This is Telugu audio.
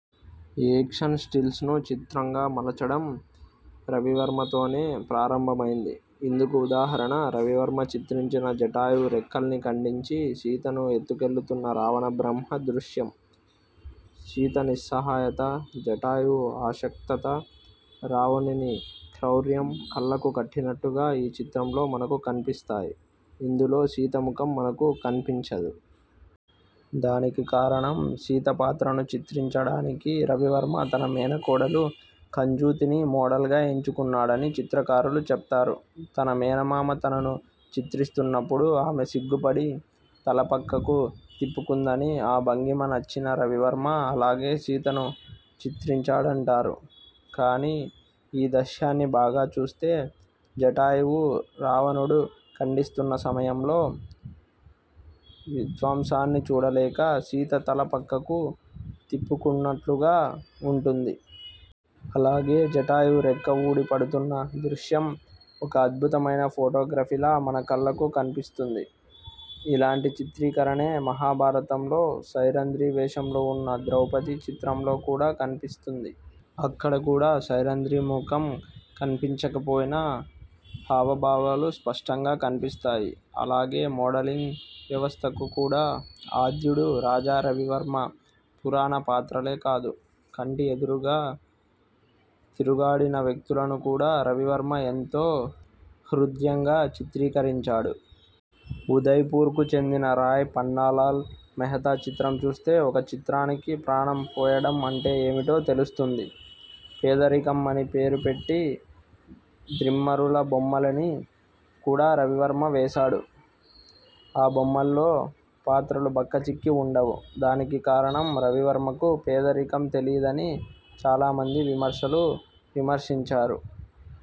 ఏక్షన్ స్టిల్స్ ను చిత్రంగా మలచడం రవివర్మతోనే ప్రారంభమైంది. ఇందుకు ఉదాహరణ రవివర్మ చిత్రించిన జటాయువు రెక్కల్ని ఖండించి, సీతను ఎత్తుకెళుతున్న రావణబ్రహ్మ దృశ్యం. సీత నిస్సహాయత, జటాయువు ఆశక్తత, రావణుని క్రౌర్యం కళ్ళకు కట్టినట్టుగా ఈ చిత్రంలో మనకు కన్పిస్తాయి. ఇందులో సీతముఖం మనకు కన్పించదు. దానికి కారణం సీత పాత్రను చిత్రించడానికి రవివర్మ తన మేనకోడలు కంజూతిని మోడల్ గా ఎంచుకున్నాడని చరిత్రకారులు చెప్తారు. తన మేనమామ తనను చిత్రిస్తున్నప్పుడు ఆమె సిగ్గుపడి తల పక్కకు తిప్పుకుందని ఆ భంగిమ నచ్చిన రవివర్మ అలాగే సీతను చిత్రించాడంటారు. కానీ ఈ దశ్యాన్ని బాగా చూస్తే జటాయువు రావణుడు ఖండిస్తున్న సమయంలో విధ్వంసాన్ని చూడలేక సీత తల పక్కకు తిప్పుకున్నట్లుగా వుంటుంది. అలాగే జటాయువు రెక్క వూడి పడుతున్న దృశ్యం. ఒక అద్భుతమైన ఫోటోగ్రఫీలా మన కళ్ళకు కన్పిస్తుంది. ఇలాంటి చిత్రీకరణే మహాభారతంలో సైరంధ్రీ వేషంలో వున్న ద్రౌపది చిత్రంలో కూడా కన్పిస్తుంది. అక్కడ కూడా సైరంధ్రీ ముఖం కన్పించకపోయినా హావభావాలు స్ఫుటంగా కన్పిస్తాయి. అలాగే మోడలింగ్ వ్యవస్తకు కూడా ఆధ్యుడు రాజా రవివర్మ పురాణ పాత్రలే కాదు కంటి ఎదురుగా తిరుగాడిన వ్యక్తులను కూడా రవివర్మ ఎంతో హృద్యంగా చిత్రీకరించాడు. ఉదయ్ పూర్ కు చెందిన రాయ్ పన్నాలాల్ మెహతా చిత్రం చూస్తే ఒక చిత్రానికి ప్రాణం పోయడం అంటే ఏమిటో తెలుస్తుంది. పేదరికం అని పేరు పెట్టి ద్రిమ్మరుల బొమ్మలిని కూడా రవివర్మ వేశాడు. ఆ బొమ్మల్లో పాత్రలు బక్కచిక్కి వుండవు. దానికి కారణం రవివర్మకు పేదరికం తెలీదని చాలామంది విమర్శలు విమర్శించారు.